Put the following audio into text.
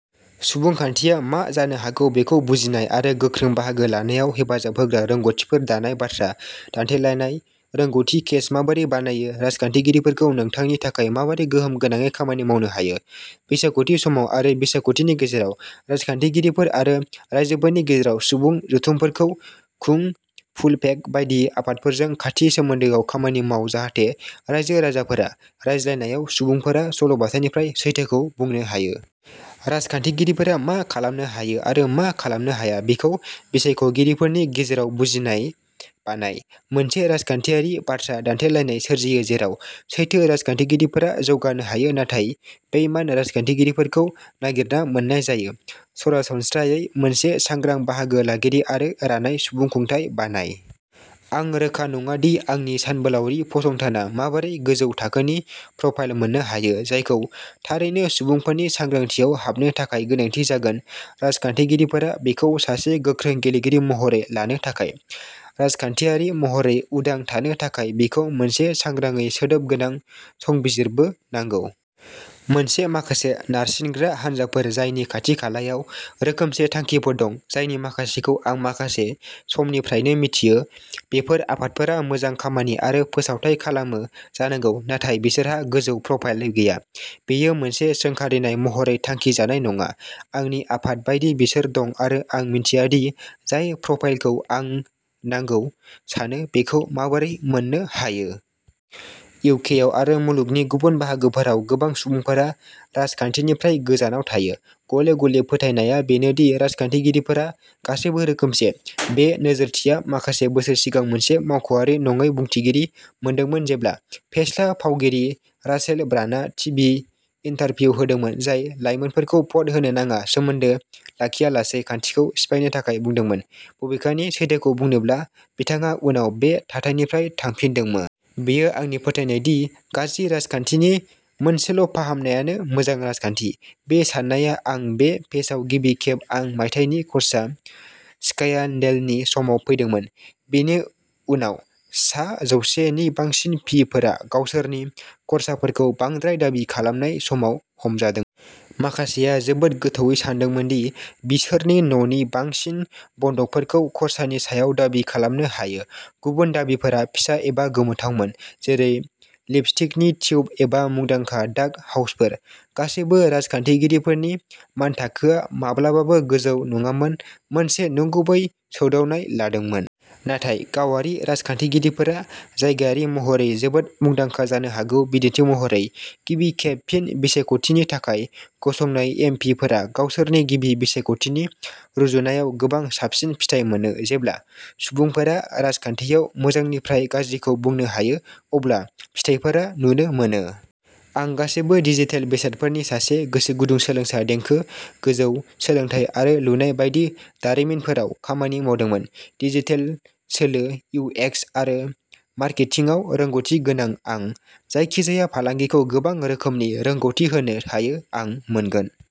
सुबुंखान्थिआ मा जानो हागौ बेखौ बुजिनाय आरो गोख्रों बाहागो लानायाव हेफाजाब होग्रा रोंगथिफोर दानाय बाथ्रा दान्थेलायनाय रोंगथि केस माबोरै बानायो राजखान्थिगिरिफोरखौ नोंथांनि थाखाय माबोरै गोहोम गोनाङै खामानि मावनो हायो। बिसायखथि समाव आरो बिसायखथिनि गेजेराव राजखान्थिगिरिफोर आरो राइजोफोरनि गेजेराव सुबुं जथुमफोरखौ खुं फुलफेक्ट बायदि आफादफोरजों खाथि सोमोन्दोआव खामानि माव जाहाथे रायजो राजाफोरा रायज्लायनायाव सुबुंफोरा सल'बाथानिफ्राय सैथोखौ बुंनो हायो। राजखान्थिगिरिफोरा मा खालामनो हायो आरो मा खालामनो हाया बेखौ बिसायख'गिरिफोरनि गेजेराव बुजिनाय बानाय। मोनसे राजखान्थियारि बाथ्रा दान्थेलायनाय सोरजियो जेराव सैथो राजखान्थिगिरिफोरा जौगानो हायो नाथाय बेइमान राजखान्थिगिरिफोरखौ नागिरना मोन्नाय जायो। सरासनस्रायै मोनसे सांग्रां बाहागो लागिरि आरो रानाय सुबुंखुंथाइ बानाय। आं रोखा नङा दि आंनि सानबोलावरि फसंथाना माबोरै गोजौ थाखोनि प्रफाइल मोननो हायो जायखौ थारैनो सुबुंफोरनि सांग्रांथियाव हाबनो थाखाय गोनांथि जागोन राजखान्थिगिरिफोरा बेखौ सासे गोख्रों गेलेगिरि महरै लानो थाखाय। राजखान्थियारि महरै उदां थानो थाखाय बेखौ मोनसे सांग्राङै सोदोब गोनां संबिजिरबो नांगौ। मोनसे माखासे नारसिनग्रा हानजाफोर जायनि खाथि खालायाव रोखोमसे थांखिफोर दं जायनि माखासेखौ आं माखासे समनिफ्रायनो मिथियो बेफोर आफादफोरा मोजां खामानि आरो फोसावथाय खालामो जानांगौ नाथाय बिसोरहा गोजौ प्रफाइल गैया। बेयो मोनसे सोंखारिनाय महरै थांखि जानाय नङा आंनि आफाद बायदि बिसोर दं आरो आं मिन्थिया दि जाय प्रफाइलखौ आं नांगौ सानो बेखौ माबोरै मोन्नो हायो। इउकेआव आरो मुलुगनि गुबुन बाहागोफोराव गोबां सुबुंफोरा राजखान्थिनिफ्राय गोजानाव थायो। गले गले फोथायनायआ बेनो दि राजखान्थिगिरिफोरा गासैबो रोखोमसे। बे नोजोरथिया माखासे बोसोर सिगां मोनसे मावख'आरि नङै बुंथिगिरि मोनदोंमोन जेब्ला फेस्ला फावगिरि रासेल ब्रान्डआ टिभि इन्टारभिउ होदोंमोन जाय लाइमोनफोरखौ भ'ट होनो नाङा सोमोन्दो लाखियालासै खान्थिखौ सिफायनो थाखाय बुंदोंमोन बबेखानि सैथोखौ बुंनोब्ला बिथाङा उनाव बे थाथाइनिफ्राय थांफिनदोंमोन। बेयो आंनि फोथायनाय दि गाज्रि राजखान्थिनि मोनसेल' फाहामनायानो मोजां राजखान्थि। बे साननाया आं बे पेजआव गिबि खेब आं मायथाइनि खर्सा स्क्यान्डेलनि समाव फैदोंमोन। बेनि उनाव सा जौसे नि बांसिन पि फोरा गावसोरनि खर्साफोरखौ बांद्राय दाबि खालामनाय समाव हमजादों। माखासेआ जोबोद गोथौवै सानदोंमोन दि बिसोरनि न'नि बांसिन बन्दकफोरखौ खरसानि सायाव दाबि खालामनो हायो गुबुन दाबिफोरा फिसा एबा गोमोथावमोन जेरै लिपस्टिकनि टिउब एबा मुंदांखा डाक हाउसफोर। गासैबो राजखान्थिगिरिफोरनि मानथाखोआ माब्लाबाबो गोजौ नङामोन मोनसे नंगुबै सौदावनाय लादोंमोन। नाथाय गावारि राजखान्थिगिरिफोरा जायगायारि महरै जोबोद मुंदांखा जानो हागौ, बिदिन्थि महरै गिबि खेब फिन बिसायख'थिनि थाखाय गसंनाय एम पि फोरा गावसोरनि गिबि बिसायख'थिनि रुजुनायाव गोबां साबसिन फिथाय मोनो। जेब्ला सुबुंफोरा राजखान्थियाव मोजांनिफ्राय गाज्रिखौ बुंनो हायो अब्ला फिथायफोरा नुनो मोनो। आं गासैबो डिजिटेल बेसादफोरनि सासे गोसो गुदुं सोलोंसा देंखो गोजौ सोलोंथाय आरो लुनाय बायदि दारिमिनफोराव खामानि मावदोंमोन। डिजिटेल सोलो इउ एक्स आरो मार्केटिंआव रोंग'थि गोनां आं जायखिजाया फालांगिखौ गोबां रोखोमनि रोंग'थि होनो हायो आं मोनगोन।